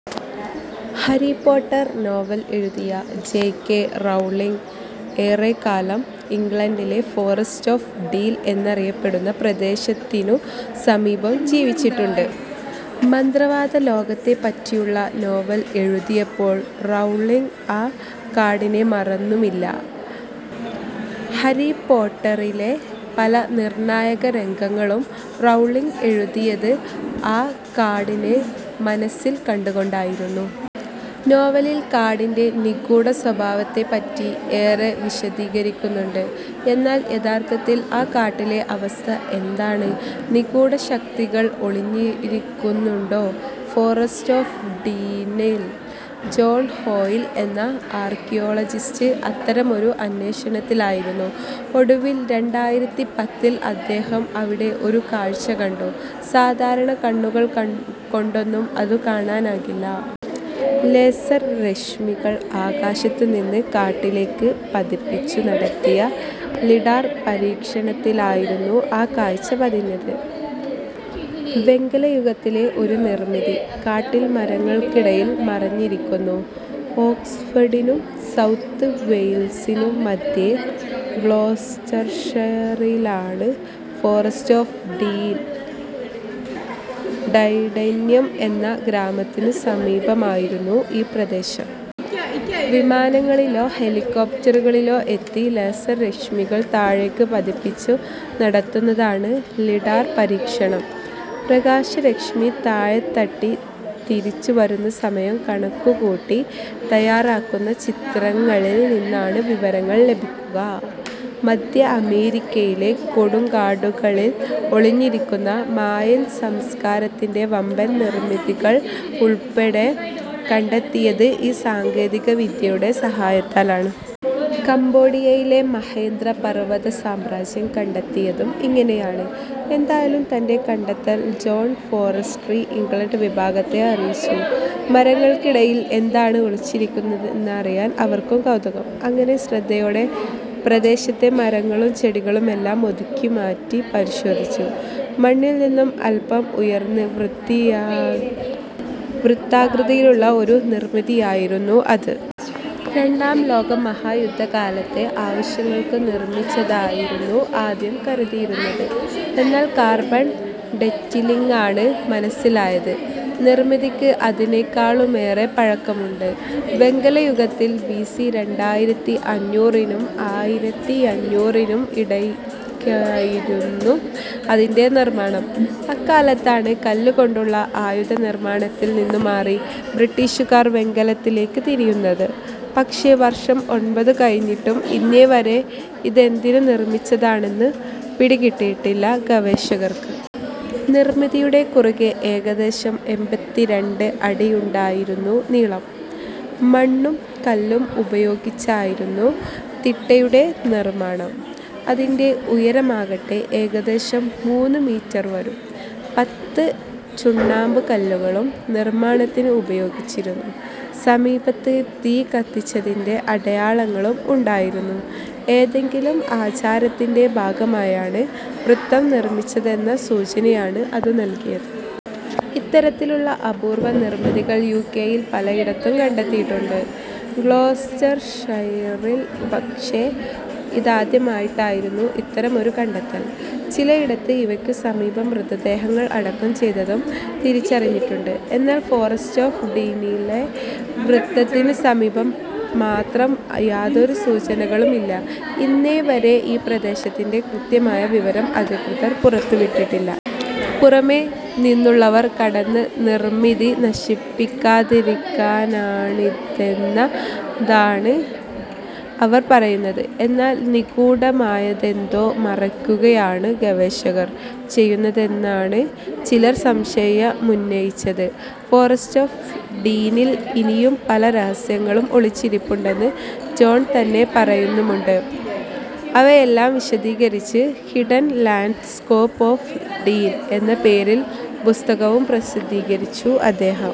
Harry Potter novel എഴുതിയ J. K Rowling ഏറെക്കാലം ഇംഗ്ലണ്ടിലെ ഫോറസ്റ്റ് ഓഫ് ഡീൻ എന്നറിയപ്പെടുന്ന പ്രദേശത്തിനു സമീപം ജീവിച്ചിട്ടുണ്ട്. മന്ത്രവാദ ലോകത്തെപ്പറ്റിയുള്ള നോവൽ എഴുതിയപ്പോൾ റൗളിങ് ആ കാടിനെ മറന്നുമില്ല. ഹാരിപോട്ടറിലെ പല നിർണായക രംഗങ്ങളും റൗളിങ് എഴുതിയത് ആ കാടിനെ മനസ്സിൽ കണ്ടുകൊണ്ടായിരുന്നു. നോവലിൽ കാടിന്‍റെ നിഗൂഢ സ്വഭാവത്തെപ്പറ്റി ഏറെ വിശദീകരിക്കുന്നുണ്ട്. എന്നാൽ യഥാർഥത്തിൽ ആ കാട്ടിലെ അവസ്ഥ എന്താണ്? നിഗൂഢ ശക്തികൾ ഒളിഞ്ഞിരിക്കുന്നുണ്ടോ ഫോറസ്റ്റ് ഓഫ് ഡീനിൽ? ജോൺ ഹോയ്ൽ എന്ന ആർക്കിയോളജിസ്റ്റ് അത്തരമൊരു അന്വേഷണത്തിലായിരുന്നു. ഒടുവിൽ രണ്ടായിരത്തി പത്തിൽ അദ്ദേഹം അവിടെ ഒരു കാഴ്ച കണ്ടു. സാധാരണ കണ്ണുകള്‍ കൊണ്ടൊന്നും അതു കാണാനാകില്ല. ലേസർ രശ്മികൾ ആകാശത്തു നിന്നു കാട്ടിലേക്കു പതിപ്പിച്ചു നടത്തിയ ലിഡാർ പരീക്ഷണത്തിലായിരുന്നു ആ കാഴ്ച പതിഞ്ഞത് – വെങ്കലയുഗത്തിലെ ഒരു നിർമിതി, കാട്ടിൽ മരങ്ങൾക്കിടയിൽ മറഞ്ഞിരിക്കുന്നു! ഓക്സ്ഫഡിനും സൗത്ത് വെയിൽസിനും മധ്യേ ഗ്ലോസ്റ്റർഷയറിലാണ് ഫോറസ്റ്റ് ഓഫ് ഡീൻ. ടൈഡെന്യാം എന്ന ഗ്രാമത്തിനു സമീപമായിരുന്നു ഈ പ്രദേശം. വിമാനങ്ങളിലോ ഹെലികോപ്ടറുകളിലോ എത്തി ലേസർ രശ്മികൾ താഴേക്കു പതിപ്പിച്ചു നടത്തുന്നതാണ് ലിഡാർ പരീക്ഷണം. പ്രകാശരശ്മി താഴെത്തട്ടി തിരിച്ചു വരുന്ന സമയം കണക്കുകൂട്ടി തയാറാക്കുന്ന ചിത്രങ്ങളിൽ നിന്നാണ് വിവരങ്ങൾ ലഭിക്കുക. മധ്യ അമേരിക്കയിലെ കൊടുങ്കാടുകളിൽ ഒളിഞ്ഞിരുന്ന മായൻ സംസ്കാരത്തിന്റെ വമ്പൻ നിർമിതികൾ ഉൾപ്പെടെ കണ്ടെത്തിയത് ഈ സാങ്കേതിക വിദ്യയുടെ സഹായത്താലാണ്. കംബോഡിയയിലെ മഹേന്ദ്ര പർവത സാമ്രാജ്യം കണ്ടെത്തിയതും ഇങ്ങനെയാണ്. എന്തായാലും തന്റെ കണ്ടെത്തൽ ജോൺ ഫോറസ്ട്രി ഇംഗ്ലണ്ട് വിഭാഗത്തെ അറിയിച്ചു. മരങ്ങൾക്കിടയിൽ എന്താണ് ഒളിച്ചിരിക്കുന്നതെന്നറിയാൻ അവർക്കും കൗതുകം. അങ്ങനെ ശ്രദ്ധയോടെ പ്രദേശത്തെ മരങ്ങളും ചെടികളുമെല്ലാം ഒതുക്കിമാറ്റി പരിശോധിച്ചു. മണ്ണിൽ നിന്ന് അൽപം ഉയർന്ന് വൃത്താകൃതിയിലുള്ള ഒരു നിർമിതിയായിരുന്നു അത്. രണ്ടാം ലോകമഹായുദ്ധകാലത്തെ ആവശ്യങ്ങൾക്കു നിർമിച്ചതെന്നായിരുന്നു ആദ്യം കരുതിയിരുന്നത്. എന്നാൽ കാർബൺ ഡേറ്റിങ്ങിലാണ് മനസ്സിലായത് – നിർമിതിക്ക് അതിനേക്കാളുമേറെ പഴക്കമുണ്ട്. വെങ്കലയുഗത്തിൽ, ബിസി രണ്ടായിരത്തിഅഞ്ഞൂറിനും ആയിറത്തിയഞ്ഞൂറിനും ഇടയ്ക്കായിരുന്നും അതിന്‍റെ നിർമാണം. അക്കാലത്താണ് കല്ലു കൊണ്ടുള്ള ആയുധ നിർമാണത്തിൽ നിന്നു മാറി ബ്രിട്ടിഷുകാർ വെങ്കലത്തിലേക്കു തിരിയുന്നത്. പക്ഷേ വർഷം ഒൻപതു കഴിഞ്ഞിട്ടും ഇന്നേവരെ ഇതെന്തിനു നിർമിച്ചതാണെന്നു പിടികിട്ടിയിട്ടില്ല ഗവേഷകര്‍ക്ക്. നിർമിതിയുടെ കുറുകെ ഏകദേശം എമ്പത്തി രണ്ട് അടിയുണ്ടായിരുന്നു നീളം. മണ്ണും കല്ലും ഉപയോഗിച്ചായിരുന്നു തിട്ടയുടെ നിർമാണം. അതിന്‍റെ ഉയരമാകട്ടെ ഏകദേശം മൂന്നു മീറ്റർ വരും. പത്ത് ചുണ്ണാമ്പുകല്ലുകളും നിർമാണത്തിന് ഉപയോഗിച്ചിരുന്നു. സമീപത്ത് തീ കത്തിച്ചതിന്‍റെ അടയാളങ്ങളും ഉണ്ടായിരുന്നു. ഏതെങ്കിലും ആചാരത്തിന്‍റെ ഭാഗമായാണ് വൃത്തം നിർമിച്ചതെന്ന സൂചനയാണ് അതു നല്കിയത്. ഇത്തരത്തിലുള്ള അപൂർവ നിർമിതികൾ യുകെയിൽ പലയിടത്തും കണ്ടെത്തിയിട്ടുണ്ട്. ഗ്ലോസ്റ്റർഷയറിൽ പക്ഷേ ഇതാദ്യമായിട്ടായിരുന്നു ഇത്തരമൊരു കണ്ടെത്തൽ. ചിലയിടത്ത് ഇവയ്ക്കു സമീപം മൃതദേഹങ്ങൾ അടക്കം ചെയ്തതും തിരിച്ചറിഞ്ഞിട്ടുണ്ട്. എന്നാൽ ഫോറസ്റ്റ് ഓഫ് ഡീനിലെ വൃത്തത്തിനു സമീപം മാത്രം യാതൊരു സൂചനകളുമില്ല. ഇന്നേവരെ ഈ പ്രദേശത്തിന്‍റെ കൃത്യമായ വിവരം അധികൃതർ പുറത്തുവിട്ടിട്ടില്ല. പുറമെ നിന്നുള്ളവർ കടന്ന് നിർമിതി നശിപ്പിക്കാതിരിക്കാനാണിതെന്നാണ് അവർ പറയുന്നത്. എന്നാൽ നിഗൂഢമായതെന്തോ മറയ്ക്കുകയാണു ഗവേഷകർ ചെയ്യുന്നതെന്നാണ് ചിലർ സംശയമുന്നയിച്ചത്. ഫോറസ്റ്റ് ഓഫ് ഡീനിൽ ഇനിയും പല രഹസ്യങ്ങളും ഒളിച്ചിരിപ്പുണ്ടെന്ന് ജോൺ തന്നെ പറയുന്നുമുണ്ട്. അവയെല്ലാം വിശദീകരിച്ച് ' ഹിഡൻ ലാൻഡ്സ്കേപ്സ് ഓഫ് ഡീൻ ' എന്ന പേരിൽ പുസ്തകവും പ്രസിദ്ധീകരിച്ചു അദ്ദേഹം.